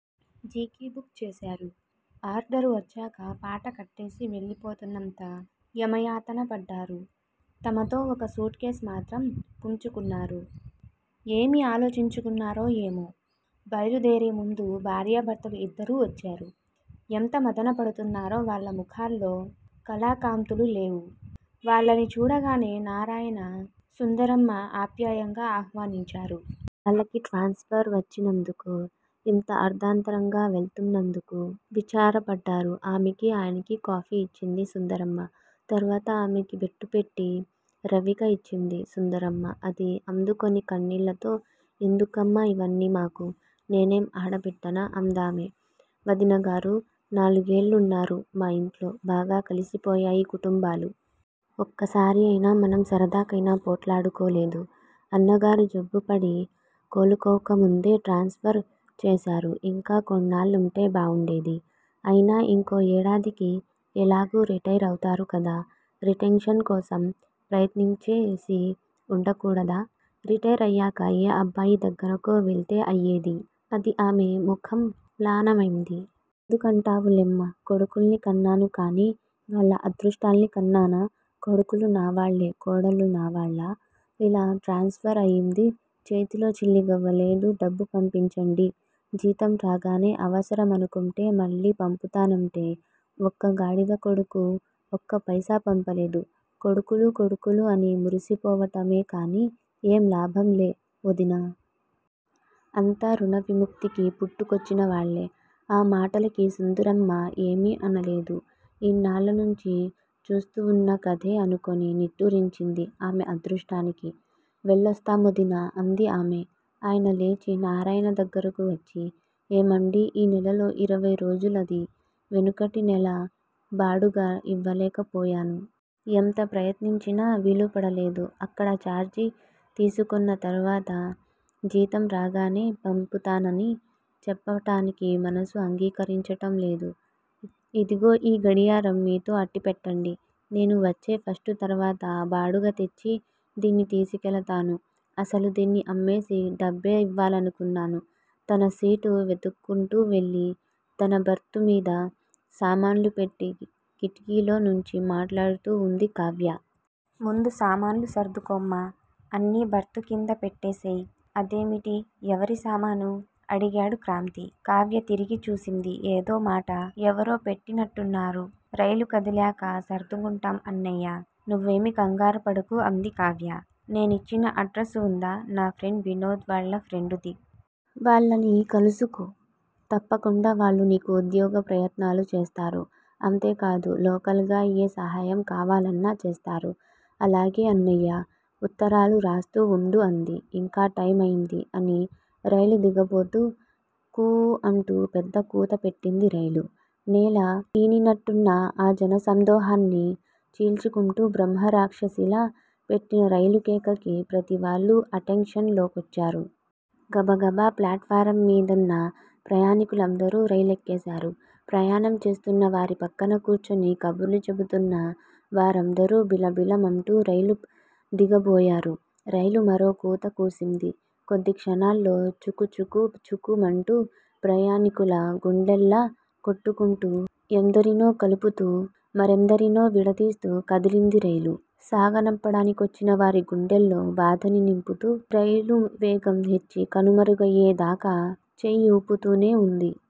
G. కి book చేశారు. Order వచ్చేక టపా కట్టేసి వెళ్ళిపోతున్నంత యమయాతన పడ్డారు! తమతో ఒక సూట్ కేస్ మాత్రం వుంచుకున్నారు. ఏమి ఆలోచించుకున్నారో ఏమో బయలుదేరేముందు భార్యా భర్తలు ఇద్దరూ వచ్చారు. ఎంత మధన పడుతున్నారో వాళ్ళ ముఖాల్లో కళాకాంతులు లేవు. వాళ్ళని చూడగానే నారాయణ, సుందరమ్మా ఆప్యాయంగా ఆహ్వానించారు. వాళ్ళకి ట్రాన్స్ ఫర్ వచ్చినందుకు యింత అర్దాంతరంగా వెళ్తున్నందుకు, విచారపడ్డారు ఆమెకి ఆయనకి కాఫీలు ఇచ్చింది సుందరమ్మ. తర్వాత ఆమెకి బొట్టుపెట్టి రవిక ఇచ్చింది సుందరమ్మ అది అందుకుని కన్నీళ్ళతో ఎందుకమ్మా ఇవన్ని మాకు నేనేం ఆడబిడ్డనా? అందామె. వదినగారూ? నాలుగేళ్ళున్నారు మా ఇంట్లో! బాగా కలిసిపోయాయి కుటుంబాలు! ఒక్కసారయినా మనం సరదాకయినా పోట్టాడుకోలేదు. అన్నగారు జబ్బుపడి కోలులోకముందే ట్రాన్స్ ఫర్ చేశారు. ఇంకా కొన్నాళ్ళుంటే బావుండేది. అయినా ఇంకో ఏడాదికి ఎలాగూ రిటైరవుతారు కదా రిటెన్షన్ కోసం ప్రయత్నంచేసి వుండకూడదా? రిటైర్ అయ్యాక ఏ అబ్బాయి దగ్గరికో వెళ్ళితే అయ్యేది! అంది. ఆమె ముఖం మ్లానమైంది. ఎందుకంటావులేమ్మా? కొడుకుల్ని కన్నాను కానీ వాళ్ళ అదృష్టాల్ని కన్నానా? కొడుకులు నా వాళ్ళే కోడళ్ళు నా వాళ్ళా? ఇలా ట్రాన్స్ ఫర్ అయింది చేతిలో చిల్లిగవ్వ లేదు డబ్బు పంపించండి. జీతం రాగానే అవసరమనుకుంటే మళ్ళీ పంపుతానంటే ఒక్కగాడిద కొడుకు ఒక్కపైసా పంపలేదు! కొడుకులు కొడుకులు అనిమురిసిపోవటమే కానీ ఏం లాభం లే వొదినా! అంతా ఋణ విముక్తికి పుట్టుకొచ్చినవాళ్ళే! ఆ మాటలకి సుందరమ్మ ఏమీ అనలేదు. ఇన్నాళ్ళ నుంచీ చూస్తూవున్న కథే అనుకుని నిట్టూర్చింది ఆమె అదృష్టానికి! వెళ్ళొస్తామొదినా! అంది ఆమె. ఆయన లేచి నారాయణ దగ్గరకు వచ్చి ఏమండీ ఈ నెలలో ఇరవైరోజులదీ, వెనుకటి నెలది బాడుగ యివ్వలేక పోయాను. ఎంత ప్రయత్నించినా వీలుపడలేదు. అక్కడ చార్జీ తీసుకున్న తర్వాత జీతం రాగానే పంపుతానని చెప్పటానికి మనసు అంగీకరించటం లేదు. ఇదిగో ఈ గడియారం మీతో అట్టిపెట్టండి. నేను వచ్చే ఫస్టు తర్వాత బాడుగతెచ్చి దీన్ని తీసుకవెళతాను. అసలు దీన్ని అమ్మేసి డబ్బే ఇవ్వాలనుకున్నాను. తన సీటు వెతుక్కుంటూ వెళ్ళి, తన 'బర్తు' మీద సామాన్లుపెట్టి, కిటికీలో నుంచి మాట్లాడుతూ వుంది కావ్య! ముందు సామాన్లు సర్దుకోమ్మా. అన్నీ బెర్తుకింద పెట్టేసేయ్! అదేమిటీ? ఎవరి సామానూ? అడిగాడు క్రాంతి. కావ్య తిరిగి చూసింది ఏదో మూట! ఎవరో పెట్టినట్టున్నారు. రైలు కదిలాక సర్దుకుంటాం అన్నయ్యా! నువ్వేమీ కంగారుపడకు అంది. కావ్యా! నేనిచ్చిన అడ్రసు వుందా? నా ఫ్రెండ్ వినోద్ వాళ్ళ ఫ్రెండుది! వాళ్ళని కలుసుకో! తప్పకుండా వాళ్ళు నీకు ఉద్యోగ ప్రయత్నాలు చేస్తారు. అంతేకాదు లోకల్ గా ఏ సహాయం కావాలన్నా చేస్తారు. అలాగే అన్నయ్యా! ఉత్తరాలు రాస్తూ వుండు అంది. ఇంకా టైముందీ అని రైలు దిగబోతూ. కూ అంటూ, పెద్దగా కూతపెట్టింది రైలు. నేల ఈనినట్టున్న, ఆ జన సందోహాన్ని చీల్చుకుంటు బ్రహ్మ రాక్షసిలా పెట్టిన రైలు కేకకి, ప్రతివాళ్లూ 'అటెంషన్' లో కొచ్చారు. గబగబా ప్లాట్ ఫారంమీదున్న ప్రయాణీకులందరూ రైలేక్కేశారు. ప్రయాణం చేస్తున్నవారి పక్కన కూర్చుని కబుర్లు చెబుతూన్న వారందరూ బిలబిల మంటూ రైలు దిగిపోయారు. రైలు మరో కూత కూసింది. కొద్ది క్షణాలలో చుకు చుకు చుకు మంటూ, ప్రయాణీకుల గుండెల్లా కొట్టుకుంటూ, ఎందరినో కలుపుతూ, మరెందరినో విడదీస్తూ కదిలింది రైలు, సాగనంపడానికొచ్చిన వారి గుండెల్లో బాధని నింపుతూ. రైలు వేగం హెచ్చి, కనుమరుగయ్యేదాకా, చెయ్యూపుతూనే వుంది